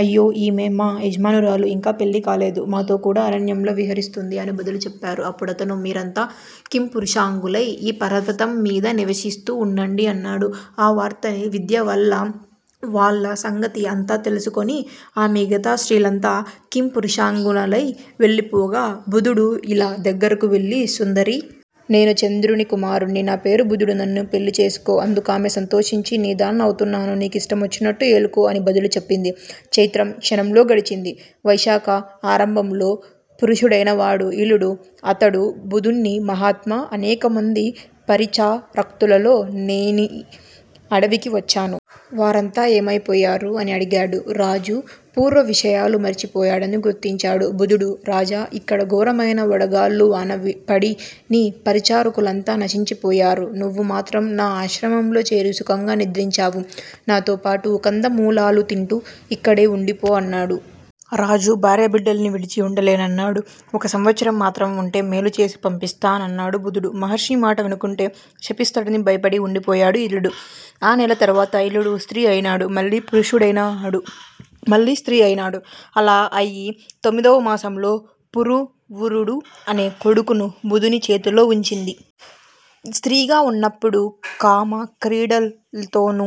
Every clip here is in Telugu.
అయ్యా! ఈమె మా యజమానురాలు. ఇంకా పెళ్లి కాలేదు. మాతో కూడా అరణ్యంలో విహరిస్తూంది అని బదులు చెప్పారు. అప్పుడతను మీరంతా కింపురుషాంగులై ఈ పర్వతం మీద నివసిస్తూ వుండండి అన్నాడు. ఆవార్త విద్య వల్ల వాళ్ల సంగతి అంతా తెలుసుకొని. అ మిగతా స్త్రీలంతా కింపురుషాంగునలై వెళ్లిపోగా బుధుడు ఇళ దగ్గరకు వెళ్ళి సుందరీ! నేను చంద్రుని కుమారుణ్ణి. నా పేరు బుధుడు. నన్ను పెళ్ళి చేసుకో. అందుకామె సంతోషించి నీదాన్నవుతున్నాను. నీ ఇష్టం వచ్చినట్లు ఏలుకో అని బదులు చెప్పింది. చైత్రం క్షణంలో గడిచింది. వైశాఖా ఆరంభంలో పుఋషుడైనాడు ఇళుడు. అతడు బుధుణ్ని మహాత్మా! అనేకమంది పరిచారక్తులలో నేనీ అడవికి వచ్చాను. వారంతా ఏమైపోయారు? ' అని అడిగాడు. రాజు పూర్వ విషయాలు మరచిపోయాడని గుర్తించాడు బుధుడు. రాజా! ఇక్కడ ఘోరమైన వడగాళ్ళు వాన పడి నీ పరిచారకులంతా నశించిపోయారు. నువ్వు మాత్రం నా ఆశ్రమంలో చేరి సుఖంగా నిద్రించావు. నాతోపాటు కందమూలాలు తింటూ ఇక్కడే వుండిపో అన్నాడు. రాజు భార్యాబిడ్డల్ని విడిచి వుండలేనన్నాడు. ఒక్క సంవత్సరం మాత్రం వుంటే మేలు చేసి పంపిస్తా నన్నాడు బుధుడు. బ్రహ్మర్షి మాట వినకుంటే శపిస్తాడని భయపడి వుండిపోయాడు ఇళుడు. ఆ నెల తర్వాత ఇళుడు స్త్రీ అయినాడు. మళ్లీ పుఋషుడైనాడు. మళ్ళీ స్త్రీ అయినాడు. అలా అయి తొమ్మిదవ మాసంలో పురూవురుడు అనే కొడుకును బుధుని చేతిలో ఉంచింది. స్త్రీగా వున్నప్పుడు కామక్రీడల్తోనూ,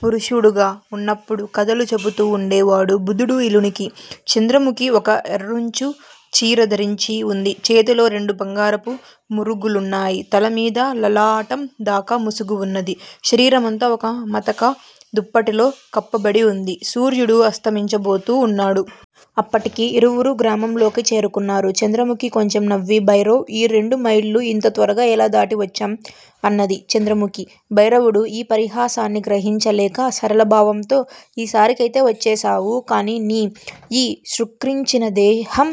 పుఋషుడుగా వున్నప్పుడు కథలు చెపుతూ వుండేవాడు బుధుడు ఇళునికి. చంద్రముఖి ఒక ఎర్రంచు చీర ధరించి వుంది. చేతిలో రెండు బంగారపు మురుగులున్నాయి. తల మీద లలాటం దాకా ముసుగు వున్నది. శరీరమంతా ఒక మతక దుప్పటిలో కప్పబడి వుంది. సూర్యుడు అస్తమించబోతూ వున్నాడు. అప్పటికి ఇరువురూ గ్రామంలోకి చేరుకున్నారు. చంద్రముఖి కొంచెం నవ్వి భైరవ్! ఈ రెండు మైళ్ళు ఇంత త్వరగా ఎలా దాటి వచ్చాం? అన్నది చంద్రముఖి. భైరవుడు ఈ పరిహాసాన్ని గ్రహించలేక సరళ భావంతో_ ఈ సారికైతే వచ్చేశావు. కాని నీ యీ శుక్రించిన దేహం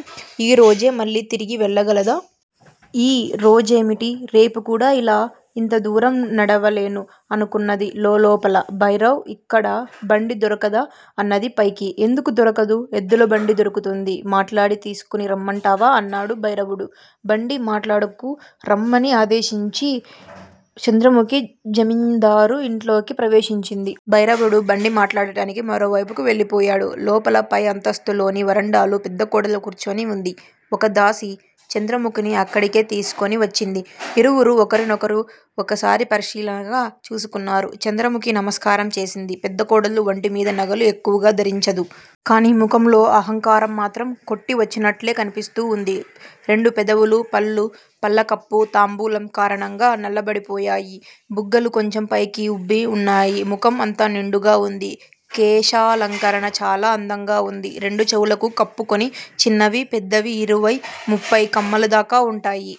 ఈ రోజే మళ్ళీ తిరిగి వెళ్ళగలదా? 'ఈ రోజేమిటి? రేపు కూడా ఇలా ఇంత దూరం నడవలేను. ' అనుకున్నది లోలోపల. భైరవ్! ఇక్కడ బండి దొరకదా? అన్నది పైకి. ఎందుకు దొరకదు? ఎద్దులబండి దొరుకుతుంది. మాట్లాడి తీసికొని రమ్మంటావా? అన్నాడు భైరవుడు. బండి మాట్లాడకు రమ్మని ఆదేశించి చంద్రముఖి జమీందారు ఇంట్లోకి ప్రవేశించింది. భైరవుడు బండి మాట్లాడటానికి మరోవైపుకు వెళ్ళిపోయాడు. లోపల పై అంతస్తులోని వరండాలో పెద్ద కోడలు కూర్చొని వుంది. ఒక దాసీ చంద్రముఖిని అక్కడికే తీసికొని వచ్చింది. ఇరువురూ ఒకరినొకరు ఒకసారి పరిశీలనగా చూసుకున్నారు. చంద్రముఖి నమస్కారం చేసింది. పెద్దకోడలు ఒంటి మీద నగలు ఎక్కువగా ధరించదు. కాని ముఖంలో అహంకారం మాత్రం కొట్టివచ్చినట్లే కన్పిస్తూ వుంది. రెండు పెదవులు, పళ్ళు పళ్ళకప్పు, తాంబూలం కారణంగా నల్లబడిపోయాయి. బుగ్గలు కొంచెం పైకి ఉబ్బి వున్నాయి. ముఖం అంతా నిండుగా వుంది. కేశాలంకరణ చాలా అందంగా వుంది. రెండు చెవులకూ కప్పుకొని చిన్నవీ, పెద్దవీ ఇరవై ముప్పై కమ్మలదాకా వుంటాయి.